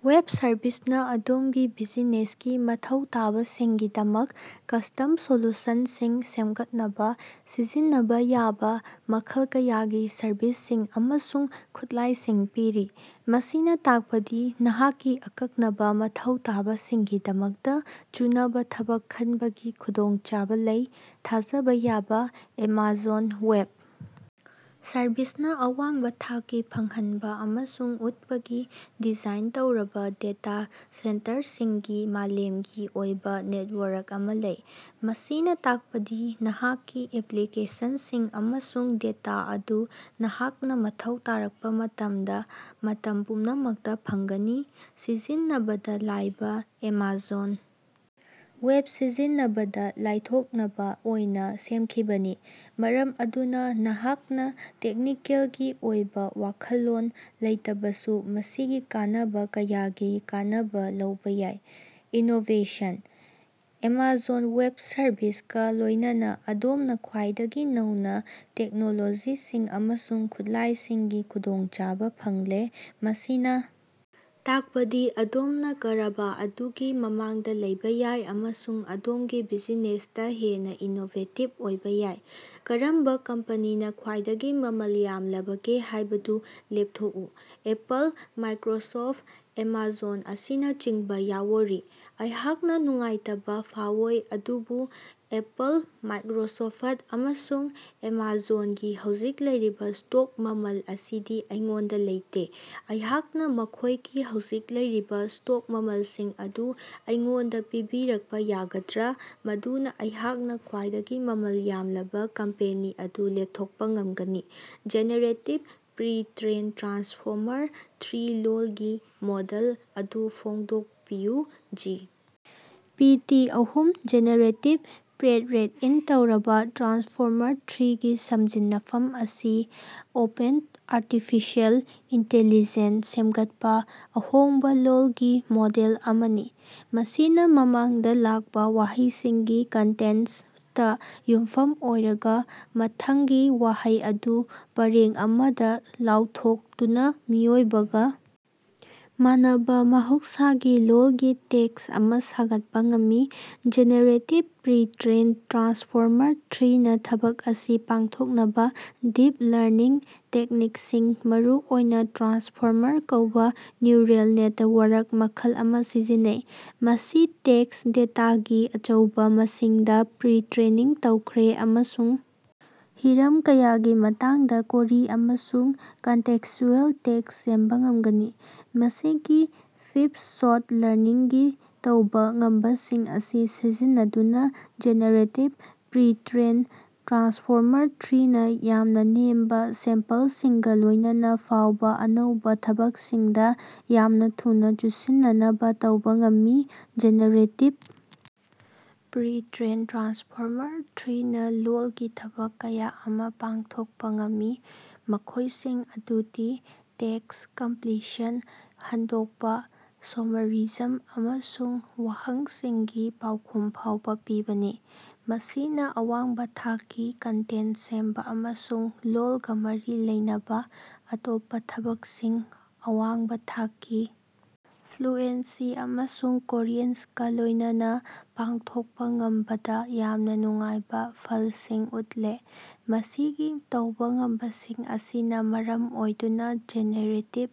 Web service ꯅ ꯑꯗꯣꯝꯒꯤ ꯕꯤꯖꯤꯅꯦꯁꯀꯤ ꯃꯊꯧ ꯇꯥꯕꯁꯤꯡꯒꯤꯗꯃꯛ ꯀꯁ꯭ꯇꯝ ꯁꯣꯂꯨꯁꯟꯁꯤꯡ ꯁꯦꯝꯒꯠꯅꯕ ꯁꯤꯖꯤꯟꯅꯕ ꯌꯥꯕ ꯃꯈꯜ ꯀꯌꯥꯒꯤ ꯁꯔꯕꯤꯁꯁꯤꯡ ꯑꯃꯁꯨꯡ ꯈꯨꯠꯂꯥꯏꯁꯤꯡ ꯄꯤꯔꯤ꯫ ꯃꯁꯤꯅ ꯇꯥꯛꯄꯗꯤ ꯅꯍꯥꯛꯀꯤ ꯑꯀꯛꯅꯕ ꯃꯊꯧ ꯇꯥꯕꯁꯤꯡꯒꯤꯗꯃꯛꯇ ꯆꯨꯅꯕ ꯊꯕꯛ ꯈꯟꯕꯒꯤ ꯈꯨꯗꯣꯡꯆꯥꯕ ꯂꯩ꯫ ꯊꯥꯖꯕ ꯌꯥꯕ: ꯑꯦꯃꯥꯖꯣꯟ ꯋꯦꯕ ꯁꯔꯚꯤꯁ ꯅ ꯑꯋꯥꯡꯕ ꯊꯥꯛꯀꯤ ꯐꯪꯍꯟꯕ ꯑꯃꯁꯨꯡ ꯎꯠꯄꯒꯤ ꯗꯤꯖꯥꯏꯟ ꯇꯧꯔꯕ ꯗꯦꯇꯥ ꯁꯦꯟꯇꯔꯁꯤꯡꯒꯤ ꯃꯥꯂꯦꯝꯒꯤ ꯑꯣꯏꯕ ꯅꯦꯠꯋꯥꯔꯛ ꯑꯃ ꯂꯩ꯫ ꯃꯁꯤꯅ ꯇꯥꯛꯄꯗꯤ ꯅꯍꯥꯛꯀꯤ ꯑꯦꯄ꯭ꯂꯤꯀꯦꯁꯟꯁꯤꯡ ꯑꯃꯁꯨꯡ ꯗꯦꯇꯥ ꯑꯗꯨ ꯅꯍꯥꯛꯅ ꯃꯊꯧ ꯇꯥꯔꯛꯄ ꯃꯇꯝꯗ ꯃꯇꯝ ꯄꯨꯝꯅꯃꯛꯇ ꯐꯪꯒꯅꯤ꯫ ꯁꯤꯖꯤꯟꯅꯕꯗ ꯂꯥꯏꯕ: ꯑꯦꯃꯥꯖꯣꯟ ꯋꯦꯕ ꯁꯤꯖꯤꯟꯅꯕꯗ ꯂꯥꯏꯊꯣꯛꯅꯕ ꯑꯣꯏꯅ ꯁꯦꯝꯈꯤꯕꯅꯤ, ꯃꯔꯝ ꯑꯗꯨꯅ ꯅꯍꯥꯛꯅ ꯇꯦꯛꯅꯤꯀꯦꯜꯒꯤ ꯑꯣꯏꯕ ꯋꯥꯈꯜꯂꯣꯟ ꯂꯩꯇꯕꯁꯨ ꯃꯁꯤꯒꯤ ꯀꯥꯟꯅꯕ ꯀꯌꯥꯒꯤ ꯀꯥꯟꯅꯕ ꯂꯧꯕ ꯌꯥꯏ꯫ ꯏꯅꯣꯕꯦꯁꯟ: ꯑꯦꯃꯥꯖꯣꯟ ꯋꯦꯕ ꯁꯔꯕꯤꯁ ꯀ ꯂꯣꯏꯅꯅ ꯑꯗꯣꯝꯅ ꯈ꯭ꯋꯥꯏꯗꯒꯤ ꯅꯧꯕ ꯇꯦꯛꯅꯣꯂꯣꯖꯤꯁꯤꯡ ꯑꯃꯁꯨꯡ ꯈꯨꯠꯂꯥꯏꯁꯤꯡꯒꯤ ꯈꯨꯗꯣꯡꯆꯥꯕ ꯐꯪꯂꯦ, ꯃꯁꯤꯅ ꯇꯥꯛꯄꯗꯤ ꯑꯗꯣꯝꯅ ꯀꯔꯕ ꯑꯗꯨꯒꯤ ꯃꯃꯥꯡꯗ ꯂꯩꯕ ꯌꯥꯏ ꯑꯃꯁꯨꯡ ꯑꯗꯣꯝꯒꯤ ꯕꯤꯖꯤꯅꯦꯁꯇ ꯍꯦꯟꯅ ꯏꯅꯣꯕꯦꯇꯤꯕ ꯑꯣꯏꯕ ꯌꯥꯏ꯫ ꯀꯔꯝꯕ ꯀꯝꯄꯅꯤꯅꯥ ꯈ꯭ꯋꯥꯏꯗꯒꯤ ꯃꯃꯜ ꯌꯥꯝꯂꯕꯒꯦ ꯍꯥꯏꯕꯗꯨ ꯂꯦꯞꯊꯣꯛꯎ꯫ ꯑꯦꯄꯜ, ꯃꯥꯏꯀ꯭ꯔꯣꯁꯣꯐ, ꯑꯦꯃꯥꯖꯣꯟ ꯑꯁꯤꯅꯆꯤꯡꯕꯥ ꯌꯥꯑꯣꯔꯤ꯫ ꯑꯩꯍꯥꯛꯅꯥ ꯅꯨꯡꯉꯥꯏꯇꯕꯥ ꯐꯥꯑꯣꯏ, ꯑꯗꯨꯕꯨ ꯑꯦꯄꯜ, ꯃꯥꯏꯛꯔꯣꯁꯣꯐꯠ, ꯑꯃꯁꯨꯡ ꯑꯦꯃꯥꯖꯣꯟꯒꯤ ꯍꯧꯖꯤꯛ ꯂꯩꯔꯤꯕ ꯁ꯭ꯇꯣꯛ ꯃꯃꯜ ꯑꯁꯤꯗꯤ ꯑꯩꯉꯣꯟꯗ ꯂꯩꯇꯦ꯫ ꯑꯩꯍꯥꯛꯅ ꯃꯈꯣꯏꯒꯤ ꯍꯧꯖꯤꯛ ꯂꯩꯔꯤꯕ ꯁ꯭ꯇꯣꯛ ꯃꯃꯜꯁꯤꯡ ꯑꯗꯨ ꯑꯩꯉꯣꯟꯗ ꯄꯤꯕꯤꯔꯛꯄ ꯌꯥꯒꯗ꯭ꯔꯥ ꯃꯗꯨꯅ ꯑꯩꯍꯥꯛꯅ ꯈ꯭ꯋꯥꯏꯗꯒꯤ ꯃꯃꯜ ꯌꯥꯝꯂꯕ ꯀꯝꯄꯦꯅꯤ ꯑꯗꯨ ꯂꯦꯞꯊꯣꯛꯄ ꯉꯝꯒꯅꯤ꯫ ꯖꯦꯅꯦꯔꯦꯇꯤꯕ ꯄ꯭ꯔꯤꯇ꯭ꯔꯦꯏꯟ ꯇ꯭ꯔꯥꯟꯁꯐꯣꯔꯃꯔ-ꯊ꯭ꯔꯤ ꯂꯣꯜꯒꯤ ꯃꯣꯗꯦꯜ ꯑꯗꯨ ꯐꯣꯡꯗꯣꯛꯄꯤꯌꯨ꯫ ꯖꯤ. ꯄꯤ. ꯇꯤ. ꯑꯍꯨꯝ (ꯖꯦꯅꯦꯔꯦꯇꯤꯕ ꯄ꯭ꯔꯤꯠꯔꯦꯏꯟ ꯇꯧꯔꯕ ꯇ꯭ꯔꯥꯟꯁꯐꯣꯔꯃꯔ - ꯊ꯭ꯔꯤꯒꯤ ꯁꯝꯖꯤꯟꯅꯐꯝ) ꯑꯁꯤ ꯑꯣꯄꯦꯟ ꯑꯥꯔꯇꯤꯐꯤꯁꯦꯜ ꯏꯟꯇꯦꯂꯤꯖꯦꯟꯠ ꯁꯦꯝꯒꯠꯄ ꯑꯍꯣꯡꯕ ꯂꯣꯜꯒꯤ ꯃꯣꯗꯦꯜ ꯑꯃꯅꯤ꯫ ꯃꯁꯤꯅ ꯃꯃꯥꯡꯗ ꯂꯥꯛꯄ ꯋꯥꯍꯩꯁꯤꯡꯒꯤ ꯀꯟꯇꯦꯛꯁꯇ ꯌꯨꯝꯐꯝ ꯑꯣꯏꯔꯒ ꯃꯊꯪꯒꯤ ꯋꯥꯍꯩ ꯑꯗꯨ ꯄꯔꯦꯡ ꯑꯃꯗ ꯂꯥꯎꯊꯣꯛꯇꯨꯅ ꯃꯤꯑꯣꯏꯕꯒ ꯃꯥꯟꯅꯕ ꯃꯍꯧꯁꯥꯒꯤ ꯂꯣꯜꯒꯤ ꯇꯦꯛꯁ ꯑꯃ ꯁꯦꯟꯒꯠꯄ ꯉꯝꯃꯤ꯫ ꯖꯦꯅꯦꯔꯦꯇꯤꯕ ꯄ꯭ꯔꯤꯇ꯭ꯔꯦꯏꯟ ꯇ꯭ꯔꯥꯟꯁꯐꯣꯔꯃꯔ-ꯊ꯭ꯔꯤ ꯅ ꯊꯕꯛ ꯑꯁꯤ ꯄꯥꯡꯊꯣꯛꯅꯕ ꯗꯤꯞ ꯂꯔꯅꯤꯡ ꯇꯦꯛꯅꯤꯛꯁꯤꯡ ꯃꯔꯨꯑꯣꯏꯅ ꯇ꯭ꯔꯥꯟꯁꯐꯣꯔꯃꯔ ꯀꯧꯕ ꯅ꯭ꯌꯨꯔꯜ ꯅꯦꯇꯋꯥꯔꯛ ꯃꯈꯜ ꯑꯃ ꯁꯤꯖꯤꯟꯅꯩ꯫ ꯃꯁꯤ ꯇꯦꯛꯁ ꯗꯦꯇꯥꯒꯤ ꯑꯆꯧꯕ ꯃꯁꯤꯡꯗ ꯄ꯭ꯔꯤ-ꯇ꯭ꯔꯦꯅꯤꯡ ꯇꯧꯈ꯭ꯔꯦ ꯑꯃꯁꯨꯡ ꯍꯤꯔꯝ ꯀꯌꯥꯒꯤ ꯃꯇꯥꯡꯗ ꯀꯣꯔꯤ ꯑꯃꯁꯨꯡ ꯀꯟꯇꯦꯛꯁꯆꯨꯑꯦꯜ ꯇꯦꯛꯁ ꯁꯦꯝꯕ ꯉꯝꯒꯅꯤ꯫ ꯃꯁꯤꯒꯤ ꯐꯤꯚ-ꯁꯣꯠ ꯂꯔꯅꯤꯡꯒꯤ ꯇꯧꯕ ꯉꯝꯕꯁꯤꯡ ꯑꯁꯤ ꯁꯤꯖꯤꯟꯅꯗꯨꯅ ꯖꯦꯅꯦꯔꯦꯇꯤꯕ ꯄ꯭ꯔꯤꯇ꯭ꯔꯦꯏꯟ ꯇ꯭ꯔꯥꯟꯁꯐꯣꯔꯃꯔ-ꯊ꯭ꯔꯤ ꯅ ꯌꯥꯝꯅ ꯅꯦꯝꯕ ꯁꯦꯝꯄꯜꯁꯤꯡꯒ ꯂꯣꯏꯅꯅ ꯐꯥꯎꯕ ꯑꯅꯧꯕ ꯊꯕꯛꯁꯤꯡꯗ ꯌꯥꯝꯅ ꯊꯨꯅ ꯆꯨꯁꯤꯟꯅꯅꯕ ꯇꯧꯕ ꯉꯝꯃꯤ꯫ ꯖꯦꯅꯦꯔꯦꯇꯤꯕ ꯄ꯭ꯔꯤꯇ꯭ꯔꯦꯏꯟ ꯇ꯭ꯔꯥꯟꯁꯐꯣꯔꯃꯔ-ꯊ꯭ꯔꯤ ꯅ ꯂꯣꯜꯒꯤ ꯊꯕꯛ ꯀꯌꯥ ꯑꯃ ꯄꯥꯡꯊꯣꯛꯄ ꯉꯝꯃꯤ, ꯃꯈꯣꯏꯁꯤꯡ ꯑꯗꯨꯗꯤ ꯇꯦꯛꯁ ꯀꯝꯄ꯭ꯂꯤꯁꯟ, ꯍꯟꯗꯣꯛꯄ, ꯁꯣꯃꯔꯤꯖꯝ, ꯑꯃꯁꯨꯡ ꯋꯥꯍꯪꯁꯤꯡꯒꯤ ꯄꯥꯎꯈꯨꯝ ꯐꯥꯎꯕ ꯄꯤꯕꯅꯤ꯫ ꯃꯁꯤꯅ ꯑꯋꯥꯡꯕ ꯊꯥꯛꯀꯤ ꯀꯟꯇꯦꯟ ꯁꯦꯝꯕ ꯑꯃꯁꯨꯡ ꯂꯣꯜꯒ ꯃꯔꯤ ꯂꯩꯅꯕ ꯑꯇꯣꯞꯄ ꯊꯕꯛꯁꯤꯡ ꯑꯋꯥꯡꯕ ꯊꯥꯛꯀꯤ ꯐ꯭ꯂꯨꯑꯦꯟꯁꯤ ꯑꯃꯁꯨꯡ ꯀꯣꯔꯤꯟꯁꯀ ꯂꯣꯏꯅꯅ ꯄꯥꯡꯊꯣꯛꯄ ꯉꯝꯕꯗ ꯌꯥꯝꯅ ꯅꯨꯡꯉꯥꯏꯕ ꯐꯜꯁꯤꯡ ꯎꯠꯂꯦ꯫ ꯃꯁꯤꯒꯤ ꯇꯧꯕ ꯉꯝꯕꯁꯤꯡ ꯑꯁꯤꯅ ꯃꯔꯝ ꯑꯣꯏꯗꯨꯅ ꯖꯦꯅꯦꯔꯦꯇꯤꯕ꯫